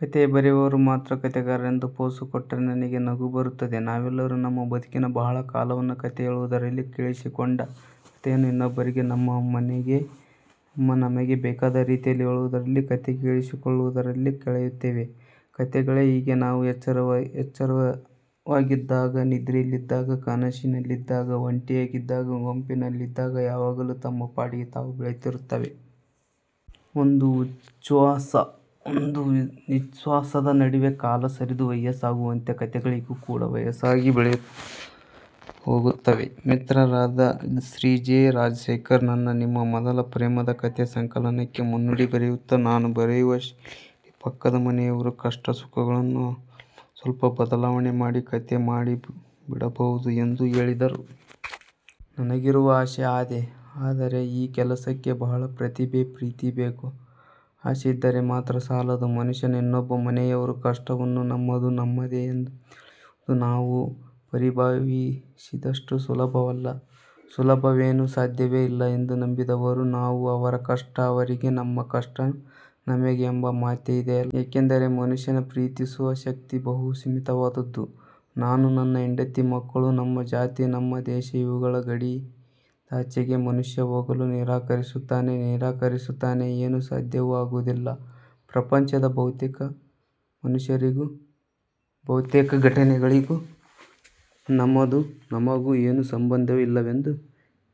ಕತೆ ಬರೆಯುವವರು ಮಾತ್ರ ಕತೆಗಾರರೆಂದು ಪೋಸು ಕೊಟ್ಟರೆ ನನಗೆ ನಗು ಬರುತ್ತದೆ. ನಾವೆಲ್ಲರೂ ನಮ್ಮ ಬದುಕಿನ ಬಹಳ ಕಾಲವನ್ನು ಕತೆ ಹೇಳುವುದರಲ್ಲಿ ಕೇಳಿಸಿಕೊಂಡ ಕತೆಯನ್ನು ಇನ್ನೊಬ್ಬರಿಗೆ ನಮ್ಮ ನಮಗೆ ಬೇಕಾದ ರೀತಿಯಲ್ಲಿ ಹೇಳುವುದರಲ್ಲಿ ಕತೆ ಕೇಳಿಸಿಕೊಳ್ಳುವುದರಲ್ಲೇ ಕಳೆಯುತ್ತೇವೆ. ಕತೆಗಳೇ ಹೀಗೆ. ನಾವು ಎಚ್ಚರವಾಗಿದ್ದಾಗ, ನಿದ್ರೆಯಲ್ಲಿದ್ದಾಗ, ಕನಸಿನಲ್ಲಿದ್ದಾಗ, ಒಂಟಿಯಾಗಿದ್ದಾಗ, ಗುಂಪಿನಲ್ಲಿದ್ದಾಗ ಯಾವಾಗಲೂ ತಮ್ಮ ಪಾಡಿಗೆ ತಾವು ಬೆಳೆಯುತ್ತಿರುತ್ತವೆ. ಒಂದು ಉಚ್ಛ್ವಾಸ, ಒಂದು ನಿಶ್ಶ್ವಾಸದ ನಡುವೆ ಕಾಲ ಸರಿದು ವಯಸ್ಸಾಗುವಂತೆ ಕತೆಗಳಿಗೂ ಕೂಡಾ ವಯಸ್ಸಾಗಿ ಬೆಳೆಯುತ್ತಾ ಹೋಗುತ್ತವೆ. ಮಿತ್ರರಾದ ಶ್ರೀ ಜಿ. ರಾಜಶೇಖರ್, ನನ್ನ 'ನಿಮ್ಮ ಮೊದಲ ಪ್ರೇಮದ ಕತೆ' ಸಂಕಲನಕ್ಕೆ ಮುನ್ನುಡಿ ಬರೆಯುತ್ತಾ, ನಾನು ಬರೆಯುವ ಶೈಲಿಯಲ್ಲಿ ಪಕ್ಕದ ಮನೆಯವರ ಕಷ್ಟ ಸುಖಗಳನ್ನು ಅಲ್ಪಸ್ವಲ್ಪ ಬದಲಾವಣೆ ಮಾಡಿ ಕತೆ ಮಾಡಿಬಿಡಬಹುದು ಎಂದು ಹೇಳಿದರು. ನನಗಿರುವ ಆಸೆ ಅದೆ. ಆದರೆ ಈ ಕೆಲಸಕ್ಕೆ ಬಹಳ ಪ್ರತಿಭೆ, ಪ್ರೀತಿ ಬೇಕು. ಆಸೆಯಿದ್ದರೆ ಮಾತ್ರ ಸಾಲದು. ಮನುಷ್ಯನ, ಇನ್ನೊಬ್ಬ ಮನೆಯವರ ಕಷ್ಟವನ್ನು ನಮ್ಮದು, ನಮ್ಮದೇ ಎಂದು ತಿಳಿಯುವುದು ನಾವು ಪರಿಭಾವಿಸಿದಷ್ಟು ಸುಲಭವಲ್ಲ. ಸುಲಭವೇನು ಸಾಧ್ಯವೇ ಇಲ್ಲ ಎಂದು ನಂಬಿದವರು ನಾವು. ಅವರ ಕಷ್ಟ ಅವರಿಗೆ ನಮ್ಮ ಕಷ್ಟ ನಮಗೆ ಎಂಬ ಮಾತೇ ಇದೆ. ಏಕೆಂದರೆ ಮನುಷ್ಯನ ಪ್ರೀತಿಸುವ ಶಕ್ತಿ ಬಹು ಸೀಮಿತವಾದದ್ದು. ನಾನು, ನನ್ನ ಹೆಂಡತಿ ಮಕ್ಕಳು, ನಮ್ಮ ಜಾತಿ, ನಮ್ಮ ದೇಶ ಇವುಗಳ ಗಡಿಯಿಂದಾಚೆಗೆ ಮನುಷ್ಯ ಹೋಗಲು ನಿರಾಕರಿಸುತ್ತಾನೆ. ನಿರಾಕರಿಸುತ್ತಾನೆ ಏನು, ಸಾಧ್ಯವೂ ಆಗುವುದಿಲ್ಲ. ಪ್ರಪಂಚದ ಬಹುತೇಕ ಮನುಷ್ಯರಿಗೂ, ಬಹುತೇಕ ಘಟನೆಗಳಿಗೂ ನಮಗೂ ಏನೂ ಸಂಬಂಧವೇ ಇಲ್ಲವೆಂದು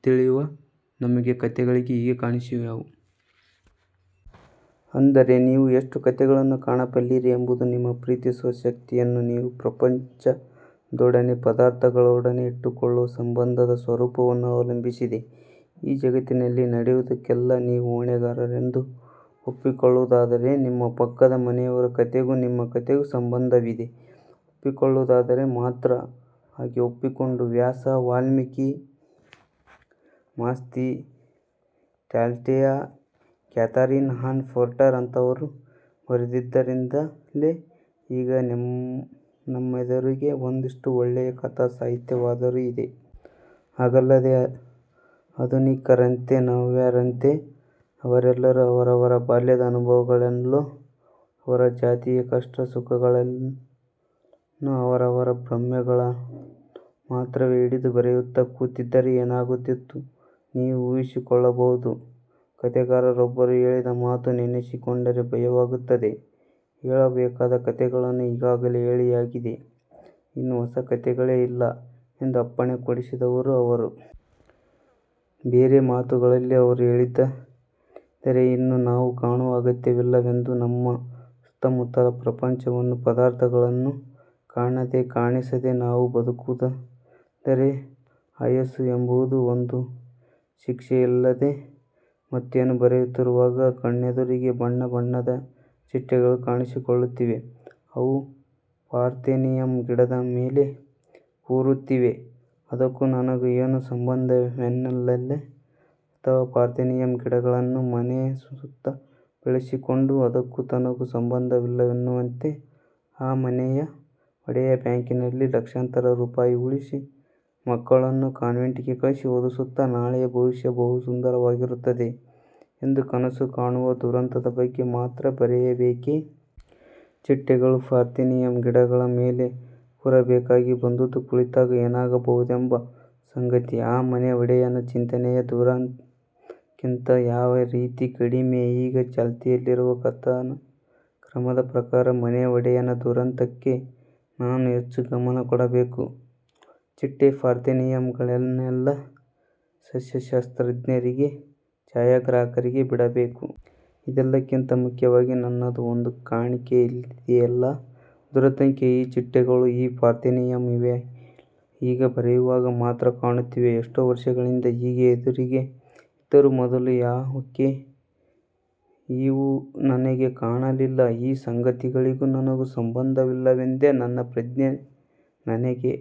ತಿಳಿಯುವ ನಮಗೆ ಕತೆಗಳು ಹೇಗೆ ಕಾಣಿಸಿಯಾವು. ಅಂದರೆ ನೀವು ಎಷ್ಟು ಕತೆಗಳನ್ನು ಕಾಣಬಲ್ಲಿರಿ ಎಂಬುದು ನಿಮ್ಮ ಪ್ರೀತಿಸುವ ಶಕ್ತಿಯನ್ನು, ನೀವು ಪ್ರಪಂಚದೊಡನೆ, ಪದಾರ್ಥಗಳೊಡನೆ ಇಟ್ಟುಕೊಳ್ಳುವ ಸಂಬಂಧದ ಸ್ವರೂಪವನ್ನು ಅವಲಂಬಿಸಿದೆ. ಈ ಜಗತ್ತಿನಲ್ಲಿ ನಡೆಯುವುದಕ್ಕೆಲ್ಲ ನೀವು ಹೊಣೆಗಾರರೆಂದು ಒಪ್ಪಿಕೊಳ್ಳುವುದಾದರೆ ನಿಮ್ಮ ಪಕ್ಕದ ಮನೆಯವರ ಕತೆಗೂ, ನಿಮ್ಮ ಕತೆಗೂ ಸಂಬಂಧವಿದೆ ಎಂದು ಒಪ್ಪಿಕೊಳ್ಳುವುದಾದರೆ ಮಾತ್ರ. ಹಾಗೆ ಒಪ್ಪಿಕೊಂಡು Vyasa, Valmiki, Masti, Tolstoy, Katherine, Anne Porter ಅಂತಹವರು ಬರೆದಿದ್ದರಿಂದಲೇ ಈಗ ನಮ್ಮೆದುರಿಗೆ ಒಂದಿಷ್ಟು ಒಳ್ಳೆಯ ಕಥಾ ಸಾಹಿತ್ಯವಾದರೂ ಇದೆ. ಹಾಗಲ್ಲದೆ ಆಧುನಿಕರಂತೆ, ನವ್ಯರಂತೆ ಅವರೆಲ್ಲರೂ ಅವರವರ ಬಾಲ್ಯದ ಅನುಭವಗಳನ್ನೋ, ಅವರವರ ಜಾತಿಯ ಕಷ್ಟ ಸುಖಗಳನ್ನೋ ಅವರವರ ಭ್ರಮೆಗಳನ್ನೋ ಮಾತ್ರವೇ ಹಿಡಿದು ಬರೆಯುತ್ತಾ ಕೂತಿದ್ದರೆ ಏನಾಗುತ್ತಿತ್ತು ನೀವು ಊಹಿಸಿಕೊಳ್ಳಬಹುದು. ಕತೆಗಾರರೊಬ್ಬರು ಹೇಳಿದ ಮಾತು ನೆನಸಿಕೊಂಡರೆ ಭಯವಾಗುತ್ತದೆ. ಹೇಳಬೇಕಾದ ಕತೆಗಳನ್ನು ಈಗಾಗಲೇ ಹೇಳಿಯಾಗಿದೆ. ಇನ್ನು ಹೊಸ ಕತೆಗಳೇ ಇಲ್ಲ ಎಂದು ಅಪ್ಪಣೆ ಕೊಡಿಸಿದವರು ಅವರು. ಬೇರೆ ಮಾತುಗಳಲ್ಲಿ ಅವರು ಹೇಳಿದ್ದೇನೆಂದರೆ 'ಇನ್ನು ನಾವು ಕಾಣುವ ಅಗತ್ಯವಿಲ್ಲ'ವೆಂದು. ನಮ್ಮ ಸುತ್ತಮುತ್ತಲ ಪ್ರಪಂಚವನ್ನು, ಪದಾರ್ಥಗಳನ್ನು ಕಾಣದೆ, ಕಾಣಿಸದೇ ನಾವು ಬದುಕುವುದೆಂದರೆ ಆಯಸ್ಸು ಎಂಬುದು ಒಂದು ಶಿಕ್ಷೆಯಲ್ಲದೆ ಮತ್ತೇನು? ಬರೆಯುತ್ತಿರುವಾಗ ಕಣ್ಣೆದುರಿಗೆ ಬಣ್ಣ ಬಣ್ಣದ ಚಿಟ್ಟೆಗಳು ಕಾಣಿಸಿಕೊಳ್ಳುತ್ತಿವೆ. ಅವು ಪಾರ್ಥೇನಿಯಂ ಗಿಡದ ಮೇಲೆ ಕೂರುತ್ತಿವೆ. ಅದಕ್ಕೂ ನನಗೂ ಏನು ಸಂಬಂಧವೆನ್ನಲೇ ಅಥವಾ ಪಾರ್ಥೇನಿಯಂ ಗಿಡಗಳನ್ನ ಮನೆ ಸುತ್ತ ಬೆಳೆಸಿಕೊಂಡು ಅದಕ್ಕೂ ತನಗೂ ಸಂಬಂಧವಿಲ್ಲವೆನ್ನುವಂತೆ ಆ ಮನೆಯ ಒಡೆಯ ಬ್ಯಾಂಕಿನಲ್ಲಿ ಲಕ್ಷಾಂತರ ರೂಪಾಯಿ ಉಳಿಸಿ, ಮಕ್ಕಳನ್ನು ಕಾನ್ವೆಂಟಿಗೆ ಕಳಿಸಿ ಓದಿಸುತ್ತಾ ನಾಳೆಯ ಭವಿಷ್ಯ ಬಹು ಸುಂದರವಾಗಿರುತ್ತದೆ ಎಂದು ಕನಸು ಕಾಣುವ ದುರಂತದ ಬಗ್ಗೆ ಮಾತ್ರ ಬರೆಯಬೇಕೆ? ಚಿಟ್ಟೆಗಳು ಪಾರ್ಥೇನಿಯಂ ಗಿಡಗಳ ಮೇಲೆ ಕೂರಬೇಕಾಗಿ ಬಂದದ್ದು, ಕುಳಿತಾಗ ಏನಾಗಬಹುದೆಂಬ ಸಂಗತಿ, ಆ ಮನೆ ಒಡೆಯನ ಚಿಂತನೆಯ ದುರಂತಕ್ಕಿಂತ ಯಾವ ರೀತಿ ಕಡಿಮೆ. ಈಗ ಚಾಲ್ತಿಯಲ್ಲಿರುವ ಕಥನ ಕ್ರಮದ ಪ್ರಕಾರ ಮನೆ ಒಡೆಯನ ದುರಂತಕ್ಕೆ ನಾನು ಹೆಚ್ಚು ಗಮನ ಕೊಡಬೇಕು. ಚಿಟ್ಟೆ ಪಾರ್ಥೇನಿಯಂಗಳನ್ನೆಲ್ಲ ಸಸ್ಯಶಾಸ್ತ್ರಜ್ಞರಿಗೆ, ಛಾಯಾಗ್ರಾಹಕರಿಗೆ ಬಿಡಬೇಕು. ಇದೆಲ್ಲಕ್ಕಿಂತ ಮುಖ್ಯವಾಗಿ ನನ್ನದೂ ಒಂದು ಕಾಣ್ಕೆಯಿದೆಯಲ್ಲ ದುರಂತಕ್ಕೆ; ಈ ಚಿಟ್ಟೆಗಳು, ಈ ಪಾರ್ಥೇನಿಯಂ ಇವೆಲ್ಲ ಈಗ ಬರೆಯುವಾಗ ಮಾತ್ರ ಕಾಣುತ್ತಿವೆ; ಎಷ್ಟೋ ವರ್ಷಗಳಿಂದ ಹೀಗೆ ಎದುರಿಗೇ ಇದ್ದರೂ ಮೊದಲು ಯಾಕೆ ಇವು ನನಗೆ ಕಾಣಲಿಲ್ಲ. ಈ ಸಂಗತಿಗಳಿಗೂ ನನಗೂ ಸಂಬಂಧವಿಲ್ಲವೆಂದೇ ನನ್ನ ಪ್ರಜ್ಞೆ ನನಗೇ